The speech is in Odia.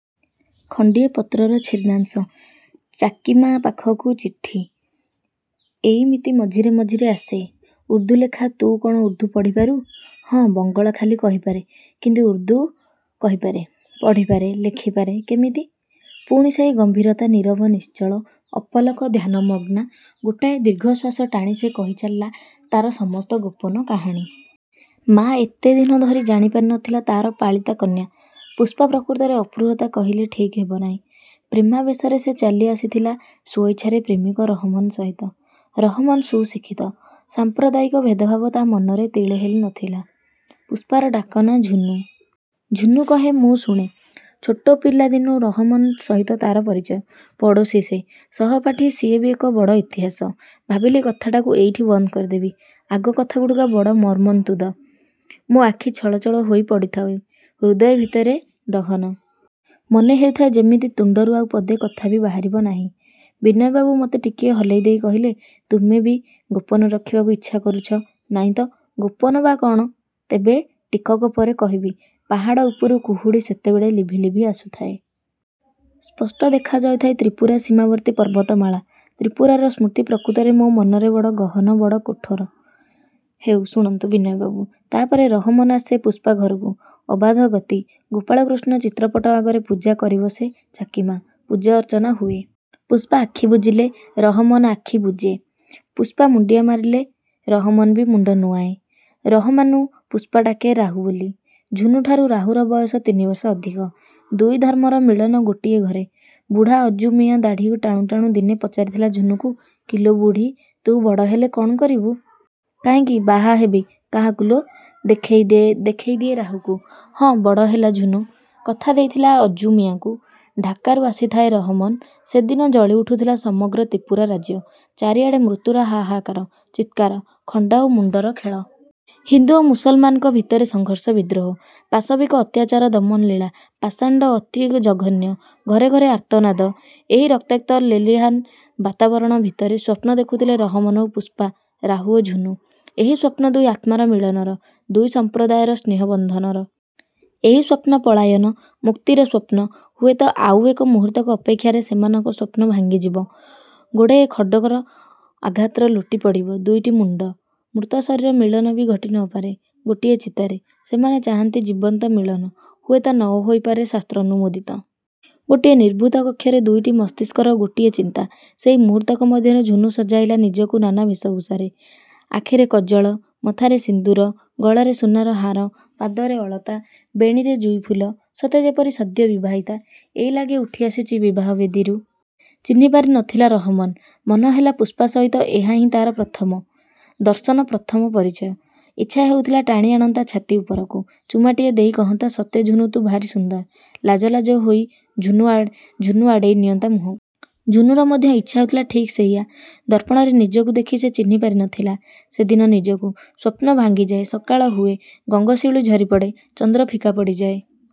ଖଣ୍ଡିଏ ପତ୍ରର ଛିନ୍ନାଂଶ। ଚାକୀମା ପାଖକୁ ଚିଠି। ଏଇମିତି ମଝିରେ ମଝିରେ ଆସେ। ଉର୍ଦ୍ଦୁଲେଖା। –ତୁ କ'ଣ ଉର୍ଦ୍ଦୁ ପଢ଼ିପାରୁ? –ହଁ, ବଙ୍ଗଳା ଖାଲି କହିପାରେ; କିନ୍ତୁ ଉର୍ଦ୍ଦୁ କହିପାରେ, ପଢ଼ିପାରେ, ଲେଖିପାରେ। –କିମିତି! ପୁଣି ସେଇ ଗମ୍ଭୀରତା। ନୀରବ, ନିଶ୍ଚଳ, ଅପଲକ, ଧ୍ୟାନମଗ୍ନା। ଗୋଟାଏ ଦୀର୍ଘଶ୍ୱାସ ଟାଣି ସେ କହିଚାଲିଲା ତାର ସମସ୍ତ ଗୋପନ କାହାଣୀ। ମା' ଏତେଦିନ ଧରି ଜାଣିପାରି ନ ଥିଲା ତାର ପାଳିତା କନ୍ୟା। ପୁଷ୍ପା ପ୍ରକୃତରେ ଅପହୃତା କହିଲେ ଠିକ୍ ହେବନାହିଁ, ପ୍ରେମାବେଶରେ ସେ ଚାଲିଆସିଥିଲା ସ୍ୱଇଚ୍ଛାରେ ପ୍ରେମିକ ରହମନ୍ ସହିତ। ରହମନ୍ ସୁଶିକ୍ଷିତ। ସାମ୍ପ୍ରଦାୟିକ ଭେଦଭାବ ତା ମନରେ ତିଳେହେଲେ ନ ଥିଲା-। ପୁଷ୍ପାର ଡାକ ନାଁ ଝୁନୁ! ଝୁନୁ କହେ, ମୁଁ ଶୁଣେ–ଛୋଟ ପିଲାଦିନୁ ରହମନ୍ ସହିତ ତାର ପରିଚୟ। ପଡ଼ୋଶୀ ସେ। ସହପାଠୀ। ସିଏ ବି ଏକ ବଡ଼ ଇତିହାସ। ଭାବିଲି କଥାଟାକୁ ଏଇଠି ବନ୍ଦ କରିଦେବି। ଆଗ କଥାଗୁଡ଼ାକ ବଡ଼ ମର୍ମନ୍ତୁଦ। ମୋ ଆଖି ଛଳ ଛଳ ହୋଇପଡ଼ୁଥାଏ। ହୃଦୟ ଭିତରେ ଦହନ। ମନେ ହେଉଥାଏ ଯେମିତି ତୁଣ୍ଡରୁ ଆଉ ପଦେ କଥା ବି ବାହାରିବ ନାହିଁ। ବିନୟବାବୁ ମତେ ଟିକିଏ ହଲେଇ ଦେଇ କହିଲେ–''ତୁମେ ବି ଗୋପନ ରଖିବାକୁ ଇଚ୍ଛା କରୁଛ? '' –ନାଇଁ ତ, ଗୋପନ ବା କ'ଣ? ତେବେ ଟିକକ ପରେ କହିବି। ପାହାଡ଼ ଉପରୁ କୁହୁଡ଼ି ସେତେବେଳେ ଲିଭି ଲିଭି ଆସୁଥାଏ। ସ୍ପଷ୍ଟ ଦେଖାଯାଉଥାଏ ତ୍ରିପୁରା ସୀମାବର୍ତ୍ତୀ ପର୍ବତମାଳା। ତ୍ରି ପୁରାର ସ୍ମୃତି ପ୍ରକୃତରେ ମୋ ମନରେ ବଡ଼ ଗହନ, ବଡ଼ କଠୋର। –ହେଉ ଶୁଣନ୍ତୁ ବିନୟବାବୁ। ତାପରେ... ରହମନ ଆସେ ପୁଷ୍ପା ଘରକୁ। ଅବାଧ ଗତି-। ଗୋପାଳକୃଷ୍ଣ ଚିତ୍ରପଟ ଆଗରେ ପୂଜା କରିବସେ ଚାକୀମା। ପୂଜା ଅର୍ଚ୍ଚନା ହୁଏ। ପୁଷ୍ପା ଆଖି ବୁଜିଲେ ରହମନ୍ ଆଖି ବୁଜେ। ପୁଷ୍ପା ମୁଣ୍ଡିଆ ମାରିଲେ ରହମନ୍ ବି ମୁଣ୍ଡ ନୁଆଏଁ। ରହମାନ୍କୁ ପୁଷ୍ପା ଡାକେ ରାହୁ ବୋଲି। ଝୁନୁଠାରୁ ରାହୁର ବୟସ ତିନି ବର୍ଷ ଅଧିକ। ଦୁଇ ଧର୍ମର ମିଳନ ଗୋଟିଏ ଘରେ। ବୁଢ଼ା ଅଜୁ ମିଆଁ ଦାଢ଼ିକୁ ଟାଣୁ ଟାଣୁ ଦିନେ ପଚାରିଥିଲା ଝୁନୁକୁ–କି ଲୋ ବୁଢ଼ୀ, ତୁ ବଡ଼ ହେଲେ କ'ଣ କରିବୁ? –କାହିଁକି? ବାହା ହେବି। –କାହାକୁ ଲୋ? ଦେଖେଇ ଦିଏ ରାହୁକୁ। ହଁ, ବଡ଼ ହେଲା ଝୁନୁ। କଥା ଦେଇଥିଲା ଅଜୁ ମିଆଁକୁ। ଢାକାରୁ ଆସିଥାଏ ରହମନ୍। ସେଦିନ ଜଳି ଉଠୁଥିଲା ସମଗ୍ର ତ୍ରିପୁରା ରାଜ୍ୟ। ଚାରିଆଡ଼େ ମୃତ୍ୟୁର ହାହାକାର, ଚିତ୍କାର। ଖଣ୍ଡା ଓ ମୁଣ୍ଡର ଖେଳ। ହିନ୍ଦୁ ଓ ମୁସଲମାନଙ୍କ ଭିତରେ ସଘର୍ଷ, ବିଦ୍ରୋହ। ପାଶବିକ ଅତ୍ୟାଚାର ଦମନଲୀଳା। ପାଷାଣ୍ଡ, ଅତି ଜଘନ୍ୟ। ଘରେ ଘରେ ଆର୍ତ୍ତନାଦ। ଏହି ରକ୍ତାକ୍ତ ଲେଲିହାନ ବାତାବରଣ ଭିତରେ ସ୍ୱପ୍ନ ଦେଖୁଥିଲେ ରହମନ ଓ ପୁଷ୍ପା–ରାହୁ ଓ ଝୁନୁ। ଏହି ସ୍ୱପ୍ନ ଦୁଇ ଆତ୍ମାର ମିଳନର, ଦୁଇ ସମ୍ପ୍ରଦାୟର ସ୍ନେହବନ୍ଧନର। ଏହି ସ୍ୱପ୍ନ ପଳାୟନ, ମୁକ୍ତିର ସ୍ୱପ୍ନ। ହୁଏତ ଆଉ ଏକ ମୁହୂର୍ତ୍ତକ ଅପେକ୍ଷାରେ ସେମାନଙ୍କ ସ୍ୱପ୍ନ ଭାଙ୍ଗିଯିବ। ଗୋଟିଏ ଖଡ଼୍ଗର ଆଘାତରେ ଲୋଟିପଡ଼ିବ ଦୁଇଟି ମୁଣ୍ଡ। ମୃତ ଶରୀର ମିଳନ ବି ଘଟି ନ ପାରେ ଗୋଟିଏ ଚିତାରେ-। ସେମାନେ ଚାହାନ୍ତି ଜୀବନ୍ତମିଳନ। ହୁଏତ ନ ହୋଇପାରେ ଶାସ୍ତ୍ରନୁମୋଦିତ। ଗୋଟିଏ ନିଭୃତ କକ୍ଷରେ ଦୁଇଟି ମସ୍ତିଷ୍କର ଗୋଟିଏ ଚିନ୍ତା। ସେହି ମୁହୂର୍ତ୍ତକ ମଧ୍ୟରେ ଝୁନୁ ସଜାଇଲା ନିଜକୁ ନାନା ବେଶଭୂଷାରେ। ଆଖିରେ କଜ୍ଜଳ, ମଥାରେ ସିନ୍ଦୂର, ଗଳାରେ ସୁନାର ହାର, ପାଦରେ ଅଳତା, ବେଣୀରେ ଯୁଈ ଫୁଲ। ସତେ ଯେପରି ସଦ୍ୟ ବିବାହିତା। ଏଇଲାଗେ ଉଠିଆସିଛି ବିବାହ-ବେଦୀରୁ। ଚିହ୍ନି ପାରି ନ ଥିଲା ରହମନ୍। ମନେହେଲା ପୁଷ୍ପା ସହିତ ଏହା ହିଁ ତାର ପ୍ରଥମ। ଦର୍ଶନ, ପ୍ରଥମ ପରିଚୟ। ଇଚ୍ଛା ହେଉଥିଲା ଟାଣିଆଣନ୍ତା ଛାତି ଉପରକୁ। ଚୁମାଟିଏ ଦେଇ କହନ୍ତା–ସତେ ଝୁନୁ ତୁ ଭାରି ସୁନ୍ଦର। ଲାଜ ଲାଜ ହୋଇ ଝୁନୁ ଆଡ଼େଇ ନିଅନ୍ତା ମୁହଁକୁ। ଝୁନୁର ମଧ୍ୟ ଇଚ୍ଛା ହେଉଥିଲା ଠିକ୍ ସେଇଆ। ଦର୍ପଣରେ ନିଜକୁ ଦେଖି ସେ ଚିହ୍ନିପାରି ନ ଥିଲା ସେଦିନ ନିଜକୁ। ସ୍ୱପ୍ନ ଭାଙ୍ଗି ଯାଏ, ସକାଳ ହୁଏ। ଗଙ୍ଗଶିଉଳୀ ଝରି ପଡ଼େ, ଚନ୍ଦ୍ର ଫିକା ପଡ଼ିଯାଏ।